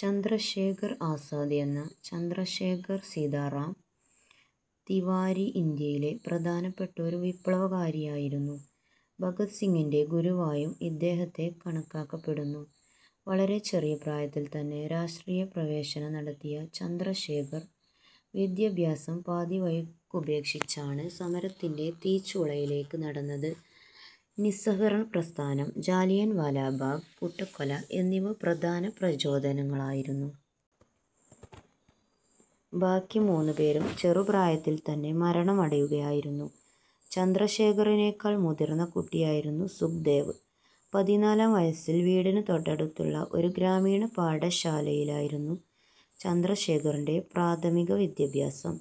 ചന്ദ്രശേഖർ ആസാദ് എന്ന ചന്ദ്രശേഖർ സീതാറാം തിവാരി, ഇന്ത്യയിലെ പ്രധാനപ്പെട്ട ഒരു വിപ്ലവകാരിയായിരുന്നു. ഭഗത് സിംഗിന്റെ ഗുരുവായും ഇദ്ദേഹത്തെ കണക്കാക്കപ്പെടുന്നു. വളരെ ചെറിയപ്രായത്തിൽ തന്നെ രാഷ്ട്രീയ പ്രവേശനം നടത്തിയ ചന്ദ്രശേഖർ വിദ്യാഭ്യാസം പാതിവഴിക്കുപേക്ഷിച്ചാണ് സമരത്തിന്റെ തീച്ചൂളയിലേക്ക് നടന്നത്. നിസ്സഹകരണപ്രസ്ഥാനം, ജാലിയൻവാലാബാഗ് കൂട്ടക്കൊല എന്നിവ പ്രധാന പ്രചോദനങ്ങളായിരുന്നു. ബാക്കി മൂന്നുപേരും ചെറുപ്രായത്തിൽ തന്നെ മരണമടയുകയായിരുന്നു. ചന്ദ്രശേഖറിനേക്കാൾ മുതിർന്ന കുട്ടിയായിരുന്നു സുഖ്ദേവ്. പതിനാലാം വയസ്സിൽ വീടിനു തൊട്ടടുത്തുള്ള ഒരു ഗ്രാമീണപാഠശാലയിലായിരുന്നു ചന്ദ്രശേഖറിന്റെ പ്രാഥമിക വിദ്യാഭ്യാസം.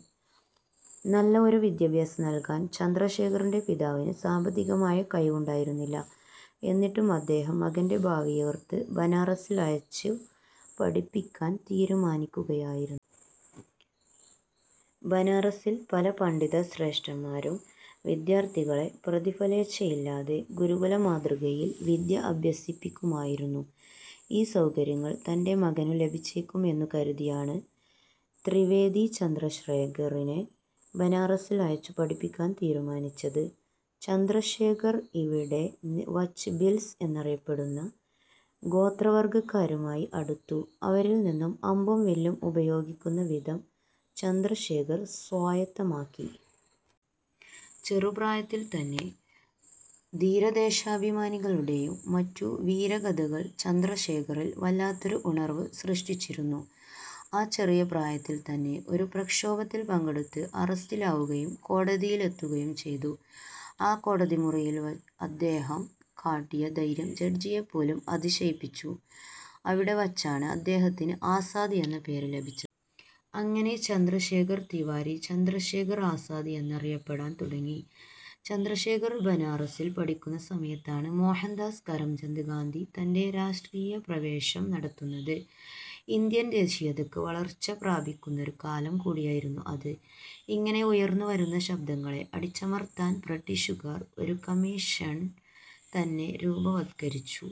നല്ല ഒരു വിദ്യാഭ്യാസം നൽകാൻ ചന്ദ്രശേഖറിന്റെ പിതാവിന് സാമ്പത്തികമായ കഴിവുണ്ടായിരുന്നില്ല. എന്നിട്ടും അദ്ദേഹം മകന്റെ ഭാവിയെ ഓർത്ത് ബനാറസിൽ അയച്ചു പഠിപ്പിക്കാൻ തീരുമാനിക്കുകയായിരുന്നു. ബനാറസിൽ പല പണ്ഡിതശ്രേഷ്ഠന്മാരും വിദ്യാർത്ഥികളെ പ്രതിഫലേച്ഛയില്ലാതെ ഗുരുകുല മാതൃകയിൽ വിദ്യ അഭ്യസിപ്പിക്കുമായിരുന്നു. ഈ സൗകര്യങ്ങൾ തന്റെ മകനു ലഭിച്ചേക്കും എന്നു കരുതിയാണ് ത്രിവേദി ചന്ദ്രശേഖറിനെ ബനാറസിൽ അയച്ചു പഠിപ്പിക്കാൻ തീരുമാനിച്ചത്. ചന്ദ്രശേഖർ ഇവിടെ വച്ച് ഭിൽസ് എന്നറിയപ്പെടുന്ന ഗോത്രവർഗ്ഗക്കാരുമായി അടുത്തു, അവരിൽ നിന്നും അമ്പും വില്ലും ഉപയോഗിക്കുന്ന വിധം ചന്ദ്രശേഖർ സ്വായത്തമാക്കി. ചെറുപ്രായത്തിൽ തന്നെ ധീരദേശാഭിമാനികളുടേയും മറ്റും വീരകഥകൾ ചന്ദ്രശേഖറിൽ വല്ലാത്തൊരു ഉണർവ് സൃഷ്ടിച്ചിരുന്നു. ആ ചെറിയ പ്രായത്തിൽ തന്നെ ഒരു പ്രക്ഷോഭത്തിൽ പങ്കെടുത്ത് അറസ്റ്റിലാവുകയും കോടതിയിലെത്തുകയും ചെയ്തു. ആ കോടതിമുറിയിൽ അദ്ദേഹം കാട്ടിയ ധൈര്യം ജഡ്ജിയെപ്പോലും അതിശയിപ്പിച്ചു. അവിടെ വച്ചാണ് അദ്ദേഹത്തിന് 'ആസാദ്' എന്ന പേര് ലഭിച്ചത്. അങ്ങനെ ചന്ദ്രശേഖർ തിവാരി, ചന്ദ്രശേഖർ ആസാദ് എന്നറിയപ്പെടാൻ തുടങ്ങി. ചന്ദ്രശേഖർ ബനാറസിൽ പഠിക്കുന്ന സമയത്താണ് മോഹൻദാസ് കരംചന്ദ് ഗാന്ധി തന്റെ രാഷ്ട്രീയപ്രവേശം നടത്തുന്നത്. ഇന്ത്യൻ ദേശീയതക്ക് വളർച്ച പ്രാപിക്കുന്നൊരു കാലം കൂടിയായിരുന്നു അത്. ഇങ്ങനെ ഉയർന്നു വരുന്ന ശബ്ദങ്ങളെ അടിച്ചമർത്താൻ ബ്രിട്ടീഷുകാർ ഒരു കമ്മീഷൻ തന്നെ രൂപവത്കരിച്ചു.